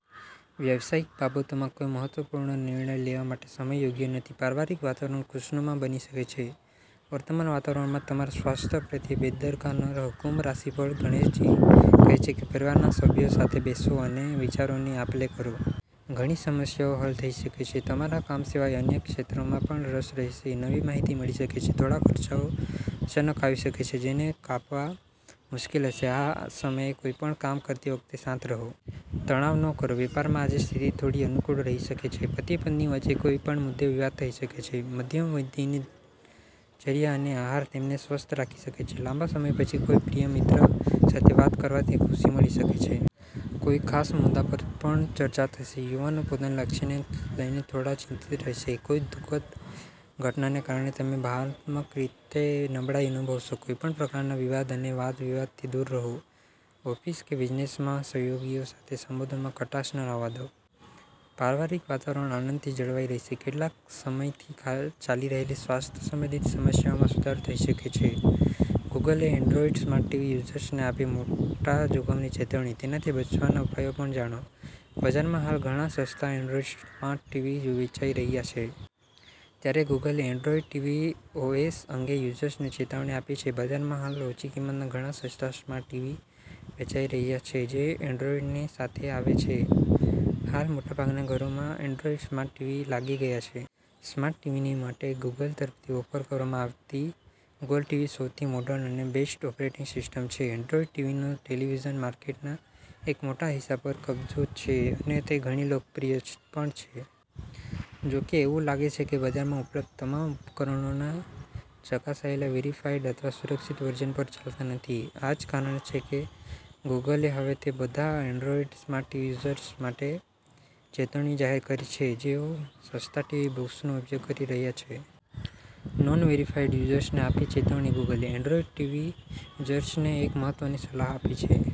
વ્યવસાયિક બાબતોમાં કોઈ મહત્વપૂર્ણ નિર્ણય લેવા માટે સમય યોગ્ય નથી. પારિવારિક વાતાવરણ ખુશનુમા બની શકે છે. વર્તમાન વાતાવરણમાં તમારા સ્વાસ્થ્ય પ્રત્યે બેદરકાર ન રહો. કુંભ રાશિફળ: ગણેશજી કહે છે કે પરિવારના સભ્યો સાથે બેસો અને વિચારોની આપ-લે કરો. ઘણી સમસ્યાઓ હલ થઈ શકે છે. તમારા કામ સિવાય અન્ય ક્ષેત્રોમાં પણ રસ રહેશે. નવી માહિતી મળી શકે છે. થોડા ખર્ચાઓ અચાનક આવી શકે છે, જેને કાપવા મુશ્કેલ હશે. આ સમયે, કોઈપણ કામ કરતી વખતે શાંત રહો. તણાવ ન કરો. વેપારમાં આજે સ્થિતિ થોડી અનુકૂળ રહી શકે છે. પતિ-પત્ની વચ્ચે કોઈ પણ મુદ્દે વિવાદ થઈ શકે છે. મધ્યમ દિનચર્યા અને આહાર તમને સ્વસ્થ રાખી શકે છે. લાંબા સમય પછી કોઈ પ્રિય મિત્ર સાથે વાત કરવાથી ખુશી મળી શકે છે. કોઈ ખાસ મુદ્દા પર પણ ચર્ચા થશે. યુવાનો પોતાના લક્ષ્યને લઈને થોડા ચિંતિત રહેશે. કોઈ દુઃખદ ઘટનાને કારણે તમે ભાવનાત્મક રીતે નબળાઈ અનુભવશો. કોઈપણ પ્રકારના વિવાદ અને વાદ-વિવાદથી દૂર રહો. ઓફિસ કે બિઝનેસમાં સહયોગીઓ સાથે સંબંધોમાં ખટાશ ન આવવા દો. પારિવારિક વાતાવરણ આનંદથી જળવાઈ રહેશે. કેટલાક સમયથી ચાલી રહેલી સ્વાસ્થ્ય સંબંધિત સમસ્યાઓમાં સુધારો થઈ શકે છે. ગૂગલે એન્ડ્રોઇડ સ્માર્ટ ટીવી યુઝર્સને આપી મોટા જોખમની ચેતવણી, તેનાથી બચવાના ઉપાયો પણ જાણો: બજારમાં હાલ ઘણા સસ્તા એન્ડ્રોઇડ સ્માર્ટ ટીવી વેચાઇ રહ્યા છે. ત્યારે ગૂગલે એન્ડ્રોઇડ ટીવી ઓએસ અંગે યુઝર્સને ચેતવણી આપી છે. બજારમાં હાલ ઓછી કિંમતના ઘણા સસ્તા સ્માર્ટ ટીવી વેચાઇ રહ્યા છે જે એન્ડ્રોઇડની સાથે આવે છે. હાલ મોટાભાગના ઘરોમાં એન્ડ્રોઇડ સ્માર્ટ ટીવી લાગી ગયા છે. સ્માર્ટ ટીવીની માટે ગૂગલ તરફથી ઓફર કરવામાં આવતી ગુગલ ટીવી સૌથી મોર્ડન અને બેસ્ટ ઓપરેટિંગ સિસ્ટમ છે. એન્ડ્રોઇડ ટીવીનો ટેલીવીઝન માર્કેટના એક મોટા હિસ્સા પર કબજો છે અને તે ઘણી લોકપ્રિય પણ છે. જો કે એવું લાગે છે કે બજારમાં ઉપલબ્ધ તમામ ઉપકરણોના ચકાસાયેલા વેરિફાઇડ અથવા સુરક્ષિત વર્ઝન પર ચાલતા નથી. આ જ કારણ છે કે ગૂગલે હવે તે બધા એન્ડ્રોઇડ સ્માર્ટ ટીવી યુઝર્સ માટે ચેતવણી જાહેર કરી છે જેઓ સસ્તા ટીવી બોક્સનો ઉપયોગ કરી રહ્યા છે. નોન – વેરિફાઇડ યુઝર્સને આપી ચેતવણી ગૂગલે એન્ડ્રોઇડ ટીવી યુઝર્સને એક મહત્વની સલાહ આપી છે.